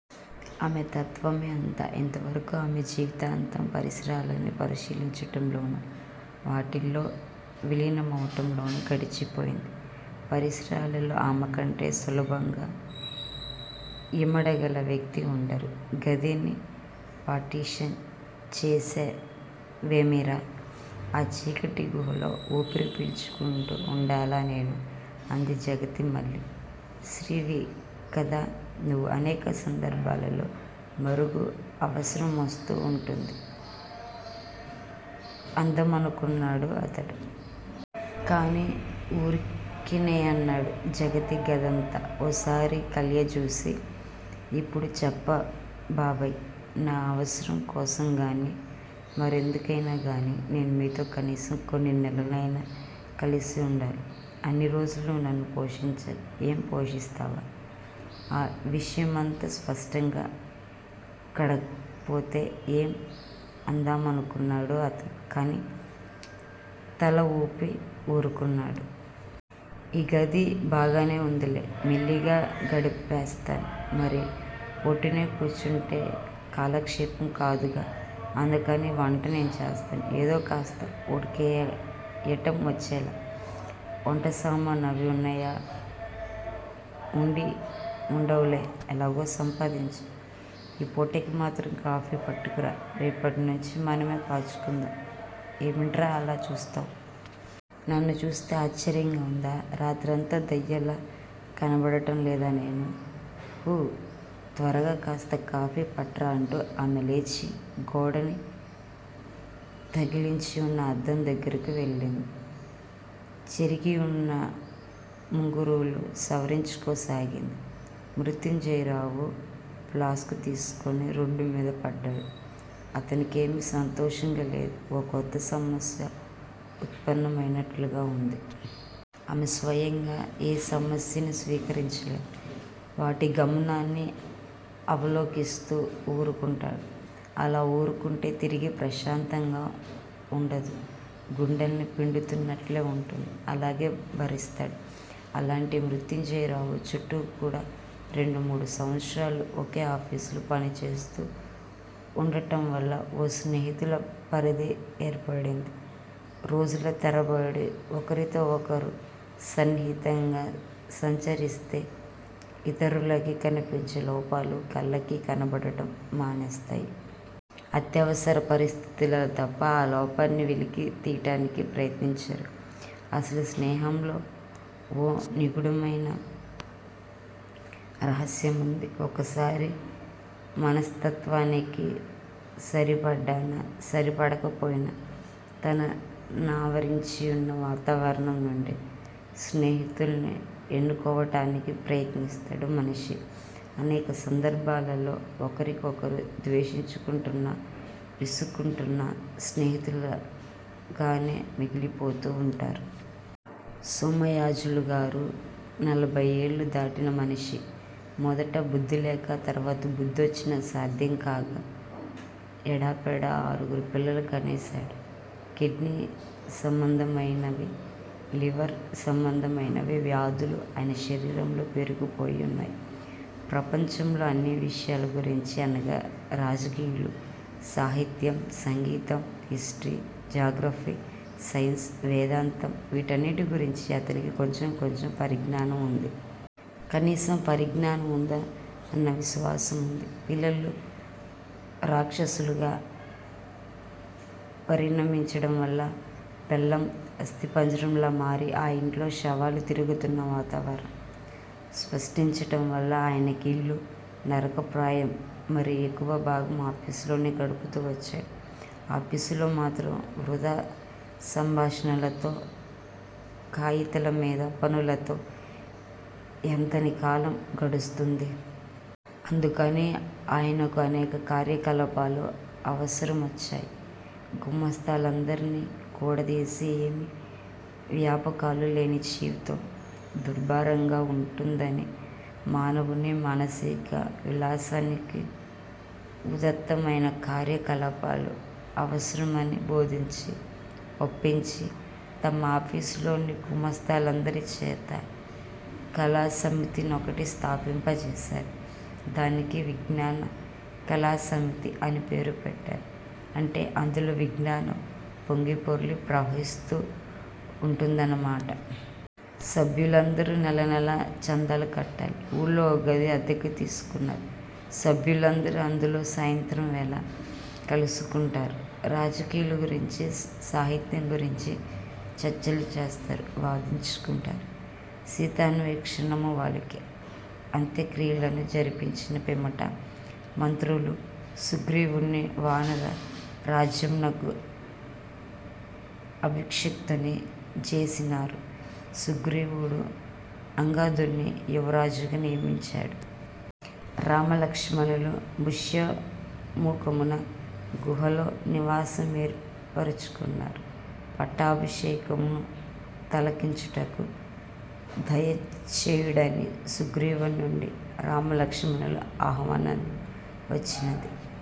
ఆమె తత్త్వమే అంత. ఇంతవరకూ ఆమె జీవితమంతా పరిసరాలని పరిశీలించటంలోనూ, వాటిల్లో విలీనమవటంలోనూ గడిచిపోయింది. పరిసరాలలో ఆమెకంటే సులభంగా యిమడగల వ్యక్తి వుండదు. గదిని పార్టిషన్ చేసేశావేమిరా? ఆ చీకటిగుహలో ఊపిరి పీల్చుకుంటూ వుండాలా నేను? అంది జగతి మళ్ళీ. స్త్రీవికదా నువ్వు. అనేక సందర్భాలలో మరుగు అవసరమొస్తూ వుంటుంది అందామనుకున్నాడు అతను. కాని ఊరికినే అన్నాడు. జగతి గదంతా ఓసారి కలయజూసి ఆఁ, ఇప్పుడు చెప్పబ్బాయి, నా అవసరం కోసంగానీ, మరెందుకైనాగానీ నేను నీతో కనీసం కొన్నినెలలైనా కలిసివుండాలి. అన్నిరోజులూ నువ్వు నన్ను పోషించాలి. ఏం, పోషిస్తావా? ఆ విషయమంత స్పష్టంగా అడక్కపోతే ఏం? అందామనుకున్నాడు అతను. కాని తలవూపి ఊరుకున్నాడు. ఈగది బాగానేవుందిలే. మెల్లిగా గడిపేస్తాను. మరి ఒట్టినే కూచుంటే కాలక్షేపం కాదుగా, అందుకని వంట నేనే చేస్తాను. యేదో కాస్త ఉడకేయటం వచ్చులే. వంటసామానూ అవీ వున్నాయా! వుండి వుండవులే! ఎలాగో సంపాదించు. ఈ పూటకిమాత్రం కాఫీ పట్టుకురా. రేపట్నుంచీ మనమే కాచుకుందాం. ఏమిట్రా అలా చూస్తావ్! నన్ను చూస్తే ఆశ్చర్యంగా వుందా? రాత్రి అంత దెయ్యంలా కనబడటంలేదా నేను? ఊఁ, త్వరగా కాస్త కాఫీ పట్రా అంటూ ఆమె లేచి గోడని తగిలించివున్న అద్దం దగ్గరకు వెళ్ళింది. చెరిగివున్న ముంగురులు సవరించుకోసాగింది. మృత్యంజయరావు ఫ్లాస్కు తీసుకుని రోడ్డుమీదపడ్డాడు. అతనికేమీ సంతోషంగాలేదు. ఓ కొత్త సమస్య ఉత్పన్నమయినట్లుగా వుంది. తను స్వయంగా ఏ సమస్యనూ స్వీకరించలేడు. వాటి గమనాన్ని అవలోకిస్తూ ఊరుకుంటాడు. అలా ఊరుకుంటే తిరిగి ప్రశాంతంగా వుండదు. గుండెల్ని పిండుతున్నట్లే వుంటుంది. అలాగే భరిస్తాడు. అలాంటి మృత్యుంజయరావు చుట్టూకూడా రెండుమూడు సంవత్సరాలుగా ఒకే ఆఫీసులో పనిచేస్తూ వుండటంవల్ల ఓ స్నేహితుల పరిధి ఏర్పడింది. రోజులతరబడి ఒకరితో ఒకరు సన్నిహితంగా సంచరిస్తే యితరులకి కనిపించే లోపాలు కళ్ళకి కనబడటం మానేస్తాయి. అత్యవసర పరిస్థితుల్లో తప్ప ఆ లోపాన్ని వెలికి తియ్యటానికి ప్రయత్నించరు. అసలు స్నేహంలో ఓ నిగూఢమైన రహస్యముంది. ఒకరి మనస్తత్వానికి సరిపడినా సరిపడకపోయినా తన నావరించివున్న వాతావరణం నుండే స్నేహితుల్ని ఎన్నుకోవటానికి ప్రయత్నిస్తాడు మనిషి. అనేక సందర్భాలలో ఒకరినొకరు ద్వేషించుకుంటున్నా, విసుక్కుంటున్నా స్నేహితులగానే మిగిలిపోతూ వుంటారు. సోమయాజులుగారు నలభయ్యేళ్ళు దాటిన మనిషి. మొదట బుద్ధిలేకా, తర్వాత బుద్ధివచ్చినా సాధ్యంగాకా ఎడాపెడా ఆరుగురు పిల్లల్ని కనేశాడు. కిడ్నీ సంబంధమైనవీ, లివర్ సంబంధమైనవీ వ్యాధులు ఆయన శరీరంలో పేరుకుపోయి వున్నాయి. ప్రపంచంలో అన్ని విషయాల గురించీ అనగా రాజకీయాలూ, సాహిత్యం, సంగీతం, హిస్టరీ, జాగ్రఫీ, సైన్సు, వేదాంతం వీటన్నిటిగురించీ అతనికి కొంచెం కొంచెం పరిజ్ఞానంవుంది. కనీసం పరిజ్ఞానం వుందన్న విశ్వాసం వుంది. పిల్లలు రాక్షసులుగా పరిణమించడం వల్లా, పెళ్ళాం అస్థిపంజరంలా మారి ఆ యింట్లో శవాలు తిరుగుతున్న వాతావరణం సృష్టించటంవల్లా ఆయనకి యిల్లు నరకప్రాయంగా మారి ఎక్కువ భాగం ఆఫీసులోనే గడుపుతూ వచ్చాడు. ఆఫీసులోమాత్రం వృధా సంభాషణలతో, కాయితాలమీద పనులతో ఎంతని కాలం గడుస్తుంది? అందుకని ఆయనకు అనేక కార్యకలాపాలు అవసరమొచ్చాయి. గుమాస్తాలందర్నీ కూడదీసి ఏమీ వ్యాపకాలులేని జీవితం దుర్భరంగా వుంటుందనీ, మానవుని మానసిక విలాసానికి ఉదాత్తమైన కార్యకలాపాలు అవసరమనీ బోధించి, ఒప్పించి తమ ఆఫీసులోని గుమాస్తాలందరిచేతా కళాసమితినొకటి స్థాపింపజేశారు. దానికి విజ్ఞాన కళాసమితి అని పేరుపెట్టారు. అంటే అందులో విజ్ఞానం పొంగిపొర్లి ప్రవహిస్తూ వుంటుందన్నమాట. సభ్యులందరూ నెలనెలా చందాలు కట్టాలి. ఊళ్ళో ఓ గది అద్దెకి తీసుకున్నారు. సభ్యులందరూ అందులో సాయంత్రంవేళ కలుసుకుంటారు. రాజకీయాలగురించీ, సాహిత్యంగురించీ చర్చలు చేస్తారు, వాదించుకుంటారు. సీతాన్వేషణము వాలికి అంత్యక్రియలను జరిపించిన పిమ్మట మంత్రులు సుగ్రీవుని వానర రాజ్యమునకు అభిషిక్తుని జేసినారు. సుగ్రీవుడు అంగదుని యువరాజుగా నియమించినాడు. రామలక్ష్మణులు ఋష్యమూకమున గుహలో నివాసమేర్పరుచుకొన్నారు. 'పట్టాభిషేకమును తిలకించుటకు దయచేయుడ'ని సుగ్రీవుని నుండి రామ లక్ష్మణులకు ఆహ్వానము వచ్చినది.